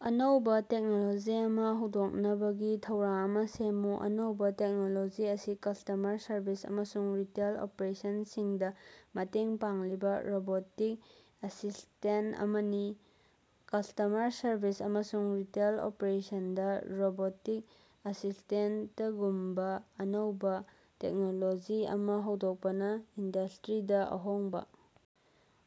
ꯑꯅꯧꯕꯥ ꯇꯦꯛꯅꯣꯂꯣꯖꯤ ꯑꯃꯥ ꯍꯧꯗꯣꯛꯅꯕꯒꯤ ꯊꯧꯔꯥꯡ ꯑꯃꯥ ꯁꯦꯝꯃꯨ꯫ ꯑꯅꯧꯕꯥ ꯇꯦꯛꯅꯣꯂꯣꯖꯤ ꯑꯁꯤ ꯀꯁ꯭ꯇꯃꯔ ꯁꯔꯕꯤꯁ ꯑꯃꯁꯨꯡ ꯔꯤꯇꯦꯜ ꯑꯣꯄ꯭ꯔꯦꯁꯟꯁꯤꯡꯗꯥ ꯃꯇꯦꯡ ꯄꯥꯡꯂꯤꯕꯥ ꯔꯣꯕꯣꯇꯤꯛ ꯑꯦꯁꯤꯁꯇꯦꯟ ꯑꯃꯅꯤ꯫ ꯀꯁ꯭ꯇꯃꯔ ꯁꯔꯕꯤꯁ ꯑꯃꯁꯨꯡ ꯔꯤꯇꯦꯜ ꯑꯣꯄ꯭ꯔꯦꯁꯟꯗꯥ ꯔꯣꯕꯣꯇꯤꯛ ꯑꯦꯁꯤꯁ꯭ꯇꯦꯟꯇꯒꯨꯝꯕꯥ ꯑꯅꯧꯕꯥ ꯇꯦꯛꯅꯣꯂꯣꯖꯤ ꯑꯃꯥ ꯍꯧꯗꯣꯛꯄꯅꯥ ꯏꯟꯗꯁꯇ꯭ꯔꯤꯗꯥ ꯑꯍꯣꯡꯕꯥ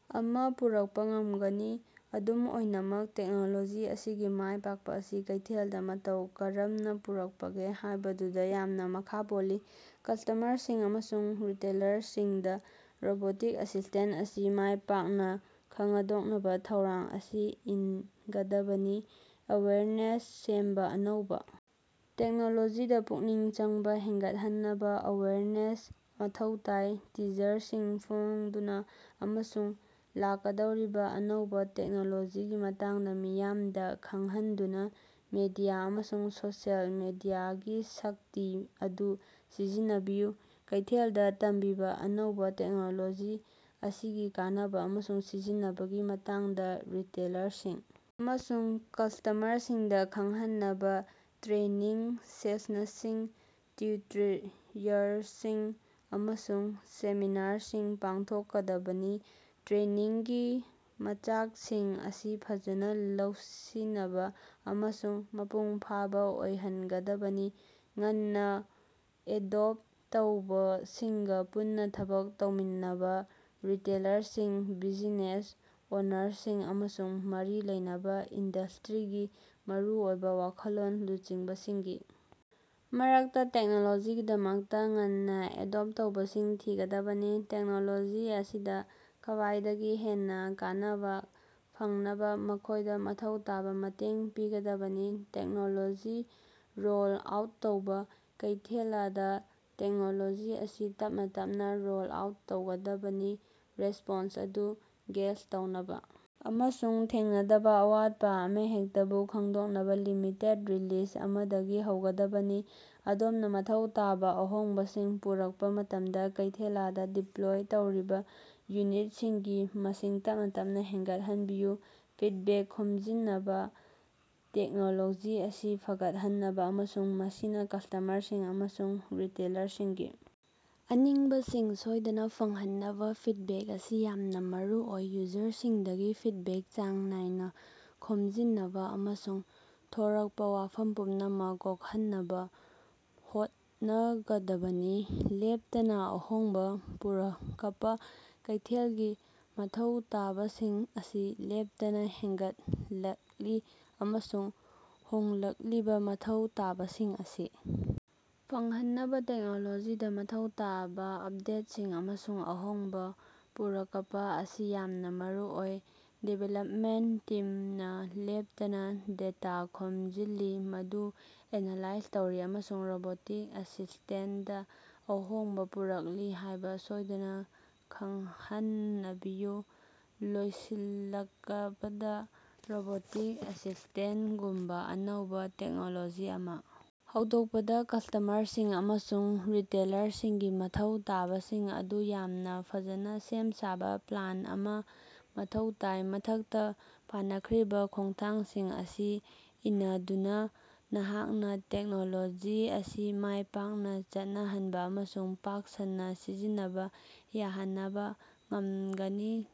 ꯑꯃꯥ ꯄꯨꯔꯛꯄꯥ ꯉꯝꯒꯅꯤ꯫ ꯑꯗꯨꯝ ꯑꯣꯏꯅꯃꯛ ꯇꯦꯛꯅꯣꯂꯣꯖꯤ ꯑꯁꯤꯒꯤ ꯃꯥꯏ ꯄꯥꯛꯄꯥ ꯑꯁꯤ ꯀꯩꯊꯦꯜꯗꯥ ꯃꯇꯧ ꯀꯔꯝꯅꯥ ꯄꯨꯔꯛꯄꯒꯦ ꯍꯥꯏꯕꯗꯨꯗꯥ ꯌꯥꯝꯅꯥ ꯃꯈꯥ ꯄꯣꯜꯂꯤ꯫ ꯀꯁ꯭ꯇꯃꯔꯁꯤꯡ ꯑꯃꯁꯨꯡ ꯔꯤꯇꯦꯂꯔꯁꯤꯡꯗꯥ ꯔꯣꯕꯣꯇꯤꯛ ꯑꯦꯁꯤꯁꯇꯦꯟ ꯑꯁꯤ ꯃꯥꯏ ꯄꯥꯛꯅꯥ ꯈꯉꯗꯣꯛꯅꯕꯥ ꯊꯧꯔꯥꯡ ꯑꯁꯤ ꯏꯟꯒꯗꯕꯅꯤ꯫ ꯑꯦꯋꯦꯌꯔꯅꯦꯁ ꯁꯦꯝꯕꯥ: ꯑꯅꯧꯕꯥ ꯇꯦꯛꯅꯣꯂꯣꯖꯤꯗꯥ ꯄꯨꯛꯅꯤꯡ ꯆꯪꯕꯥ ꯍꯦꯟꯒꯠꯍꯟꯅꯕꯥ ꯑꯦꯋꯦꯌꯔꯅꯦꯁ ꯃꯊꯧ ꯇꯥꯏ꯫ ꯇꯤꯖꯔꯁꯤꯡ ꯐꯣꯡꯗꯨꯅꯥ ꯑꯃꯁꯨꯡ ꯂꯥꯛꯀꯗꯧꯔꯤꯕꯥ ꯑꯅꯧꯕꯥ ꯇꯦꯛꯅꯣꯂꯣꯖꯤꯒꯤ ꯃꯇꯥꯡꯗꯥ ꯃꯤꯌꯥꯃꯗꯥ ꯈꯡꯍꯟꯗꯨꯅꯥ ꯃꯤꯗꯤꯌꯥ ꯑꯃꯁꯨꯡ ꯁꯣꯁꯤꯌꯦꯜ ꯃꯤꯗꯤꯌꯥꯒꯤ ꯁꯛꯇꯤ ꯑꯗꯨ ꯁꯤꯖꯤꯟꯅꯕꯤꯌꯨ꯫ ꯀꯩꯊꯦꯜꯗꯥ ꯇꯝꯕꯤꯕꯥ: ꯑꯅꯧꯕꯥ ꯇꯦꯛꯅꯣꯂꯣꯖꯤ ꯑꯁꯤꯒꯤ ꯀꯥꯟꯅꯕꯥ ꯑꯃꯁꯨꯡ ꯁꯤꯖꯤꯟꯅꯕꯒꯤ ꯃꯇꯥꯡꯗꯥ ꯔꯤꯇꯦꯂꯔꯁꯤꯡ ꯑꯃꯁꯨꯡ ꯀꯁ꯭ꯇꯃꯔꯁꯤꯡꯗꯥ ꯈꯡꯍꯟꯅꯕꯥ ꯇ꯭ꯔꯦꯅꯤꯡ ꯁꯦꯁꯅꯁꯤꯡ, ꯇ꯭ꯌꯨꯇꯔꯤꯌꯔꯁꯤꯡ, ꯑꯃꯁꯨꯡ ꯁꯦꯃꯤꯅꯥꯔꯁꯤꯡ ꯄꯥꯡꯊꯣꯛꯀꯗꯕꯅꯤ꯫ ꯇ꯭ꯔꯦꯅꯤꯡꯒꯤ ꯃꯆꯥꯛꯁꯤꯡ ꯑꯁꯤ ꯐꯖꯅꯥ ꯂꯧꯁꯤꯅꯕꯥ ꯑꯃꯁꯨꯡ ꯃꯄꯨꯡꯐꯥꯕꯥ ꯑꯣꯏꯍꯟꯒꯗꯕꯅꯤ꯫ ꯉꯟꯅꯥ ꯑꯦꯗꯣꯞꯇ ꯇꯧꯕꯁꯤꯡꯒꯥ ꯄꯨꯟꯅꯥ ꯊꯕꯛ ꯇꯧꯃꯤꯟꯅꯕꯥ: ꯔꯤꯇꯦꯂꯔꯁꯤꯡ, ꯕꯤꯖꯤꯅꯦꯁ ꯑꯣꯅꯔꯁꯤꯡ, ꯑꯃꯁꯨꯡ ꯃꯔꯤ ꯂꯩꯅꯕꯥ ꯏꯟꯗꯁꯇ꯭ꯔꯤꯒꯤ ꯃꯔꯨꯑꯣꯏꯕꯥ ꯋꯥꯈꯜꯂꯣꯟ ꯂꯨꯆꯤꯡꯕꯁꯤꯡꯒꯤ ꯃꯔꯛꯇꯥ ꯇꯦꯛꯅꯣꯂꯣꯖꯤꯒꯤꯗꯃꯛꯇꯥ ꯉꯟꯅꯥ ꯑꯦꯗꯣꯞ ꯇꯧꯕꯁꯤꯡ ꯊꯤꯒꯗꯕꯅꯤ꯫ ꯇꯦꯛꯅꯣꯂꯣꯖꯤ ꯑꯁꯤꯗꯒꯤ ꯈ꯭ꯕꯥꯏꯗꯒꯤ ꯍꯦꯟꯅꯥ ꯀꯥꯟꯅꯕꯥ ꯐꯪꯅꯕꯥ ꯃꯈꯣꯏꯗꯥ ꯃꯊꯧ ꯇꯥꯕꯥ ꯃꯇꯦꯡ ꯄꯤꯒꯗꯕꯅꯤ꯫ ꯇꯦꯛꯅꯣꯂꯣꯖꯤ ꯔꯣꯜ ꯑꯥꯎꯠ ꯇꯧꯕꯥ: ꯀꯩꯊꯦꯂꯗꯥ ꯇꯦꯛꯅꯣꯂꯣꯖꯤ ꯑꯁꯤ ꯇꯞꯅꯥ ꯇꯞꯅꯥ ꯔꯣꯜ ꯑꯥꯎꯠ ꯇꯧꯒꯗꯕꯅꯤ꯫ ꯔꯦꯁ꯭ꯄꯣꯟꯁ ꯑꯗꯨ ꯒꯦꯖ ꯇꯧꯅꯕꯥ ꯑꯃꯁꯨꯡ ꯊꯦꯡꯅꯗꯕꯥ ꯑꯋꯥꯠꯄꯥ ꯑꯃꯍꯦꯛꯇꯕꯨ ꯈꯪꯗꯣꯛꯅꯕꯥ ꯂꯤꯃꯤꯇꯦꯗ ꯔꯤꯂꯤꯖ ꯑꯃꯗꯒꯤ ꯍꯧꯒꯗꯕꯅꯤ꯫ ꯑꯗꯣꯝꯅꯥ ꯃꯊꯧ ꯇꯥꯕꯥ ꯑꯍꯣꯡꯕꯁꯤꯡ ꯄꯨꯔꯛꯄꯥ ꯃꯇꯃꯗꯥ, ꯀꯩꯊꯦꯂꯗꯥ ꯗꯤꯞꯄ꯭ꯂꯣꯏ ꯇꯧꯔꯤꯕꯥ ꯌꯨꯅꯤꯠꯁꯤꯡꯒꯤ ꯃꯁꯤꯡ ꯇꯞꯅꯥ ꯇꯞꯅꯥ ꯍꯦꯒꯠꯍꯟꯕꯤꯌꯨ꯫ ꯐꯤꯗꯕꯦꯛ ꯈꯣꯝꯖꯤꯅꯕꯥ: ꯇꯦꯛꯅꯣꯂꯣꯖꯤ ꯑꯁꯤ ꯐꯒꯠꯍꯟꯅꯕꯥ ꯑꯃꯁꯨꯡ ꯃꯁꯤꯅꯥ ꯀꯁ꯭ꯇꯃꯔꯁꯤꯡ ꯑꯃꯁꯨꯡ ꯔꯤꯇꯦꯂꯔꯁꯤꯡꯒꯤ ꯑꯅꯤꯡꯕꯁꯤꯡ ꯁꯣꯏꯗꯅꯥ ꯐꯪꯍꯟꯅꯕꯥ ꯐꯤꯗꯕꯦꯛ ꯑꯁꯤ ꯌꯥꯝꯅꯥ ꯃꯔꯨꯑꯣꯏ꯫ ꯌꯨꯖꯔꯁꯤꯡꯗꯒꯤ ꯐꯤꯗꯕꯦꯛ ꯆꯥꯡ ꯅꯥꯏꯅꯥ ꯈꯣꯃꯖꯤꯅꯕꯥ ꯑꯃꯁꯨꯡ ꯊꯣꯔꯛꯄꯥ ꯋꯥꯐꯝ ꯄꯨꯝꯅꯃꯛ ꯀꯣꯛꯍꯟꯅꯕꯥ ꯍꯣꯠꯟꯒꯗꯕꯅꯤ ꯫ ꯂꯦꯞꯇꯅꯥ ꯑꯍꯣꯡꯕꯥ ꯄꯨꯔꯀꯄꯥ: ꯀꯩꯊꯦꯜꯒꯤ ꯃꯊꯧ ꯇꯥꯕꯁꯤꯡ ꯑꯁꯤ ꯂꯦꯞꯇꯅꯥ ꯍꯦꯟꯒꯠꯂꯛꯂꯤ, ꯑꯃꯁꯨꯡ ꯍꯣꯡꯂꯛꯂꯤꯕꯥ ꯃꯊꯧ ꯇꯥꯕꯁꯤꯡ ꯑꯁꯤ ꯐꯪꯍꯟꯅꯕꯥ ꯇꯦꯛꯅꯣꯂꯣꯖꯤꯗꯥ ꯃꯊꯧ ꯇꯥꯕꯥ ꯑꯞꯗꯦꯠꯁꯤꯡ ꯑꯃꯁꯨꯡ ꯑꯍꯣꯡꯕꯥ ꯄꯨꯔꯀꯄꯥ ꯑꯁꯤ ꯌꯥꯝꯅꯥ ꯃꯔꯨꯑꯣꯏ꯫ ꯗꯤꯕꯦꯂꯞꯃꯦꯟꯇ ꯇꯤꯝꯅꯥ ꯂꯦꯞꯇꯅꯥ ꯗꯦꯇꯥ ꯈꯣꯝꯖꯤꯜꯂꯤ, ꯃꯗꯨ ꯑꯦꯅꯥꯂꯥꯏꯖ ꯇꯧꯔꯤ, ꯑꯃꯁꯨꯡ ꯔꯣꯕꯣꯇꯤꯛ ꯑꯦꯁꯤꯁꯇꯦꯟꯠꯇꯥ ꯑꯍꯣꯡꯕꯥ ꯄꯨꯔꯛꯂꯤ ꯍꯥꯏꯕꯥ ꯁꯣꯏꯗꯅꯥ ꯈꯡꯍꯅꯕꯤꯌꯨ꯫ ꯂꯣꯏꯁꯤꯜꯂꯀꯄꯗꯥ, ꯔꯣꯕꯣꯇꯤꯛ ꯑꯦꯁꯤꯁꯇꯦꯟꯠꯒꯨꯝꯕꯥ ꯑꯅꯧꯕꯥ ꯇꯦꯛꯅꯣꯂꯣꯖꯤ ꯑꯃꯥ ꯍꯧꯗꯣꯛꯄꯗꯥ ꯀꯁ꯭ꯇꯃꯔꯁꯤꯡ ꯑꯃꯁꯨꯡ ꯔꯤꯇꯦꯂꯔꯁꯤꯡꯒꯤ ꯃꯊꯧ ꯇꯥꯕꯁꯤꯡ ꯑꯗꯨ ꯌꯥꯝꯅꯥ ꯐꯖꯅꯥ ꯁꯦꯝ ꯁꯥꯕꯥ ꯄ꯭ꯂꯥꯟ ꯑꯃꯥ ꯃꯊꯧ ꯇꯥꯏ꯫ ꯃꯊꯛꯇꯥ ꯄꯅꯈ꯭ꯔꯤꯕꯥ ꯈꯣꯡꯊꯥꯡꯁꯤꯡ ꯑꯁꯤ ꯏꯅꯗꯨꯅꯥ, ꯅꯍꯥꯛꯅꯥ ꯇꯦꯛꯅꯣꯂꯣꯖꯤ ꯑꯁꯤ ꯃꯥꯏꯄꯥꯛꯅꯥ ꯆꯠꯅꯍꯟꯕꯥ ꯑꯃꯁꯨꯡ ꯄꯥꯛ-ꯁꯟꯅꯥ ꯁꯤꯖꯤꯟꯅꯕꯥ ꯌꯥꯍꯅꯕꯥ ꯉꯝꯒꯅꯤ꯫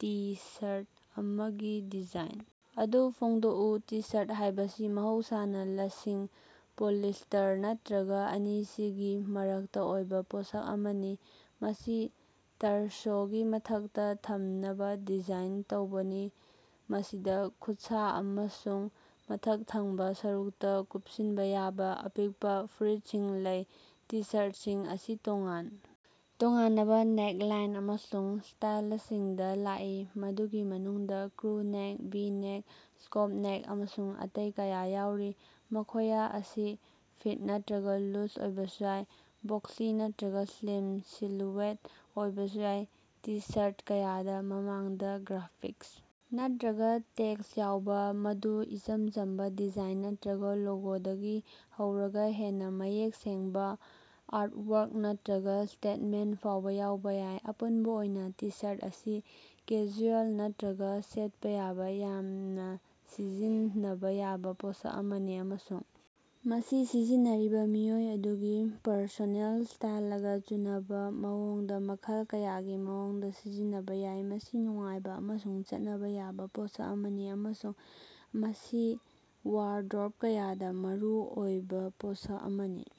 ꯇꯤ-ꯁꯥꯔꯠ ꯑꯃꯒꯤ ꯗꯤꯖꯥꯏꯟ ꯑꯗꯨ ꯐꯣꯡꯗꯣꯀꯎ꯫ ꯇꯤ-ꯁꯥꯔꯠ ꯍꯥꯏꯕꯁꯤ ꯃꯍꯧꯁꯥꯅꯥ ꯂꯁꯤꯡ, ꯄꯣꯂꯤꯁꯇꯔ ꯅꯠꯇ꯭ꯔꯒꯥ ꯑꯅꯤꯁꯤꯒꯤ ꯃꯔꯛꯇꯥ ꯑꯣꯏꯕꯥ ꯄꯣꯠꯁꯛ ꯑꯃꯅꯤ꯫ ꯃꯁꯤ ꯇꯔꯁꯣꯒꯤ ꯃꯊꯛꯇꯥ ꯊꯝꯅꯕꯥ ꯗꯤꯖꯥꯏꯟ ꯇꯧꯕꯅꯤ, ꯃꯁꯤꯗꯥ ꯈꯨꯠꯁꯥ ꯑꯃꯁꯨꯡ ꯃꯊꯛ ꯊꯪꯕꯥ ꯁꯔꯨꯛꯇꯥ ꯀꯨꯞꯁꯤꯟꯕꯥ ꯌꯥꯕꯥ ꯑꯄꯤꯡꯄꯥ ꯐꯨꯔꯤꯠꯁꯤꯡ ꯂꯩ꯫ ꯇꯤ-ꯁꯥꯔꯇꯁꯤꯡ ꯑꯁꯤ ꯇꯣꯉꯥꯟ ꯇꯣꯉꯥꯅꯕꯥ ꯅꯦꯛꯂꯥꯏꯟ ꯑꯃꯁꯨꯡ ꯁ꯭ꯇꯥꯏꯂꯁꯤꯡꯗꯥ ꯂꯥꯛꯏ, ꯃꯗꯨꯒꯤ ꯃꯅꯨꯡꯗꯥ crew neck, V neck, scoop neck, ꯑꯃꯁꯨꯡ ꯑꯇꯩ ꯀꯌꯥ ꯌꯥꯎꯔꯤ꯫ ꯃꯈꯣꯌ ꯑꯁꯤ ꯐꯤꯠ ꯅꯠꯇ꯭ꯔꯒꯥ ꯂꯨꯖ ꯑꯣꯏꯕꯁꯨ ꯌꯥꯏ, ꯕꯣꯛꯁꯤ ꯅꯠꯇ꯭ꯔꯒꯥ ꯁ꯭ꯂꯤꯝ ꯁꯤꯂꯨꯋꯦꯠ ꯑꯣꯏꯕꯁꯨ ꯌꯥꯏ꯫ ꯇꯤ-ꯁꯥꯔꯠ ꯀꯌꯥꯗꯥ ꯃꯃꯥꯡꯗꯥ ꯒ꯭ꯔꯥꯐꯤꯛꯁ ꯅꯠꯇ꯭ꯔꯒꯥ ꯇꯦꯛꯁ ꯌꯥꯎꯏ, ꯃꯗꯨ ꯏꯆꯝ ꯆꯝꯕꯥ ꯗꯤꯖꯥꯏꯟ ꯅꯠꯇ꯭ꯔꯒꯥ ꯂꯣꯒꯣꯗꯒꯤ ꯍꯧꯔꯒꯥ ꯍꯦꯟꯅꯥ ꯃꯌꯦꯛ ꯁꯦꯡꯕꯥ ꯑꯥꯔꯠꯋꯥꯛ ꯅꯠꯇ꯭ꯔꯒꯥ ꯁ꯭ꯇꯦꯠꯃꯦꯟ꯭ꯇ ꯐꯥꯎꯕꯥ ꯌꯥꯎꯕꯥ ꯌꯥꯏ꯫ ꯑꯄꯨꯟꯕꯥ ꯑꯣꯏꯅꯥ ꯇꯤ-ꯁꯥꯔꯠ ꯑꯁꯤ ꯀꯦꯖꯨꯑꯦꯜ ꯅꯠꯇ꯭ꯔꯒꯥ ꯁꯦꯠꯄꯥ ꯌꯥꯕꯥ ꯌꯥꯝꯅꯥ ꯁꯤꯖꯤꯟꯅꯕꯥ ꯌꯥꯕꯥ ꯄꯣꯠꯁꯛ ꯑꯃꯅꯤ, ꯑꯃꯁꯨꯡ ꯃꯁꯤ ꯁꯤꯖꯤꯟꯅꯔꯤꯕꯥ ꯃꯤꯑꯣꯏ ꯑꯗꯨꯒꯤ ꯄꯔꯁꯣꯅꯦꯜ ꯁ꯭ꯇꯥꯏꯂꯒꯥ ꯆꯨꯅꯕꯥ ꯃꯑꯣꯡꯗꯥ ꯃꯈꯜ ꯀꯌꯥꯒꯤ ꯃꯑꯣꯡꯗꯥ ꯁꯤꯖꯤꯟꯅꯕꯥ ꯌꯥꯏ꯫ ꯃꯁꯤ ꯅꯨꯡꯉꯥꯏꯕꯥ ꯑꯃꯁꯨꯡ ꯆꯠꯅꯕꯥ ꯌꯥꯕꯥ ꯄꯣꯠꯁꯛ ꯑꯃꯅꯤ ꯑꯃꯁꯨꯡ ꯃꯁꯤ ꯋꯥꯔꯗ꯭ꯔꯕ ꯀꯌꯥꯗꯥ ꯃꯔꯨ ꯑꯣꯏꯕꯥ ꯄꯣꯠꯁꯛ ꯑꯃꯅꯤ꯫